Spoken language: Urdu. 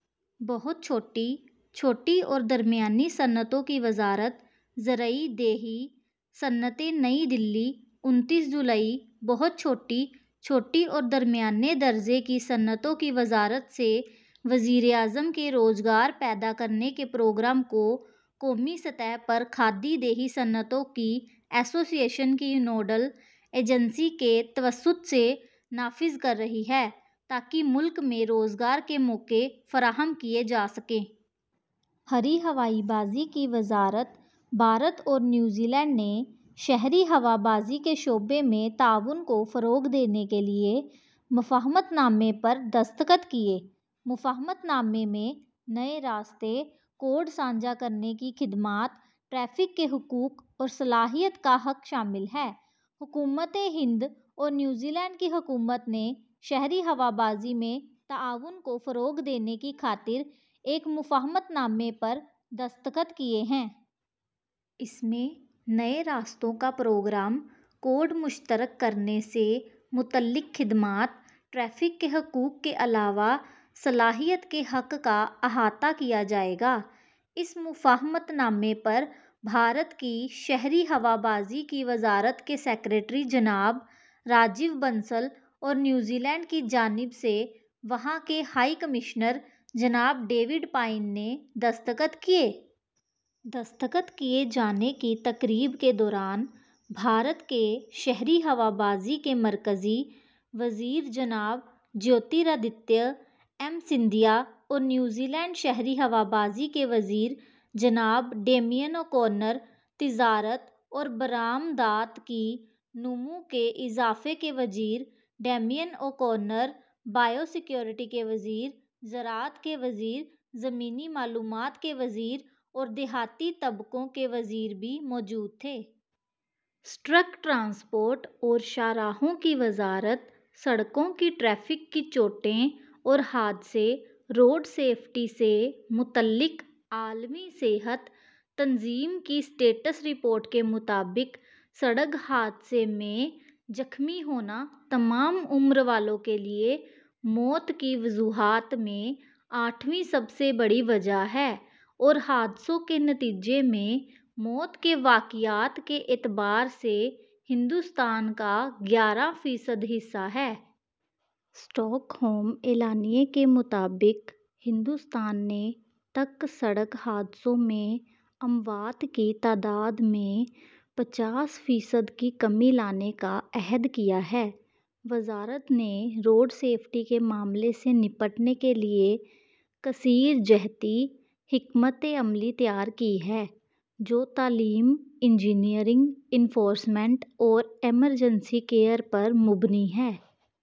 بہت چھوٹی، چھوٹی اور درمیانی صنعتوں کی وزارت زرعی / دیہی صنعتیں نئی دہلی، انتیس جولائی: بہت چھوٹی، چھوٹی اور درمیانے درجے کی صنعتوں کی وزارت سے وزیر اعظم کے روزگار پیدا کرنے کے پروگرام کو قومی سطح پر کھادی دیہی صنعتوں کی ایسوسی ایشن کی نوڈل ایجنسی کے توسط سے نافذ کر رہی ہے تاکہ ملک میں روزگار کے مواقع فراہم کیے جا سکیں۔ شہری ہوابازی کی وزارت بھارت اور نیو زیلینڈ نے شہری ہوا بازی کے شعبے میں تعاون کو فروغ دینے کے لیے مفاہمت نامے پر دستخط کیے مفاہمت نامے میں نئے راستے، کوڈ ساجھا کرنے کی خدمات، ٹریفک کے حقوق اور صلاحیت کا حق شامل ہے حکومت ہند اور نیوزی لینڈ کی حکومت نے شہری ہوا بازی میں تعاون کو فروغ دینے کی خاطر ایک مفاہمت نامے پر دستخط کیے ہیں۔ اس میں نئے راستوں کا پروگرام، کوڈ مشترک کرنے سے متعلق خدمات، ٹریفک کے حقوق کے علاوہ صلاحیت کے حق کا احاطہ کیا جائے گا۔ اس مفاہمت نامے پر بھارت کی شہری ہوابازی کی وزارت کے سکریٹری جناب راجیو بنسل اور نیوزی لینڈ کی جانب سے، وہاں کے ہائی کمشنر جناب ڈیوڈ پائن نے دستخط کیے۔ دستخط کیے جانے کی تقریب کے دوران، بھارت کے شہری ہوابازی کے مرکزی وزیر جناب جیوترادتیہ ایم سندھیا اور نیو زیلینڈ شہری ہوابازی کے وزیر جناب ڈیمین او کونر، تجارت اور برآمدات کی نمو میں اضافے کے وزیر، ڈیمین اوکونر، بایو سکیورٹی کے وزیر، زراعت کے وزیر، زمینی معلومات کے وزیر اور دیہی طبقوں کے وزیر بھی موجود تھے۔ سٹرک ٹرانسپورٹ اور شاہراہوں کی وزارت سڑکوں کی ٹریفک کی چوٹیں اور حادثے روڈ سیفٹی سے متعلق عالمی صحت تنظیم کی اسٹیٹس رپورٹ کے مطابق سڑک حادثے میں زخمی ہونا تمام عمر والوں کے لئے موت کی وجوہات میں آٹھویں سب سے بڑی وجہ ہے اور حادثوں کے نتیجے میں موت کے واقعات کے اعتبار سے ہندوستان کا گیارہ فیصد حصہ ہے۔ اسٹاک ہوم اعلانیئے کے مطابق ہندوستان نے تک سڑک حادثوں میں اموات کی تعداد میں پچاس فیصد کی کمی لانے کا عہد کیا ہے۔ وزارت نے روڈ سیفٹی کے معاملے سے نمٹنے کے لئے کثیر جہتی حکمت عملی تیار کی ہے، جو تعلیم، انجینئرنگ، انفورسمنٹ اور ایمرجنسی کیئر پر مبنی ہے۔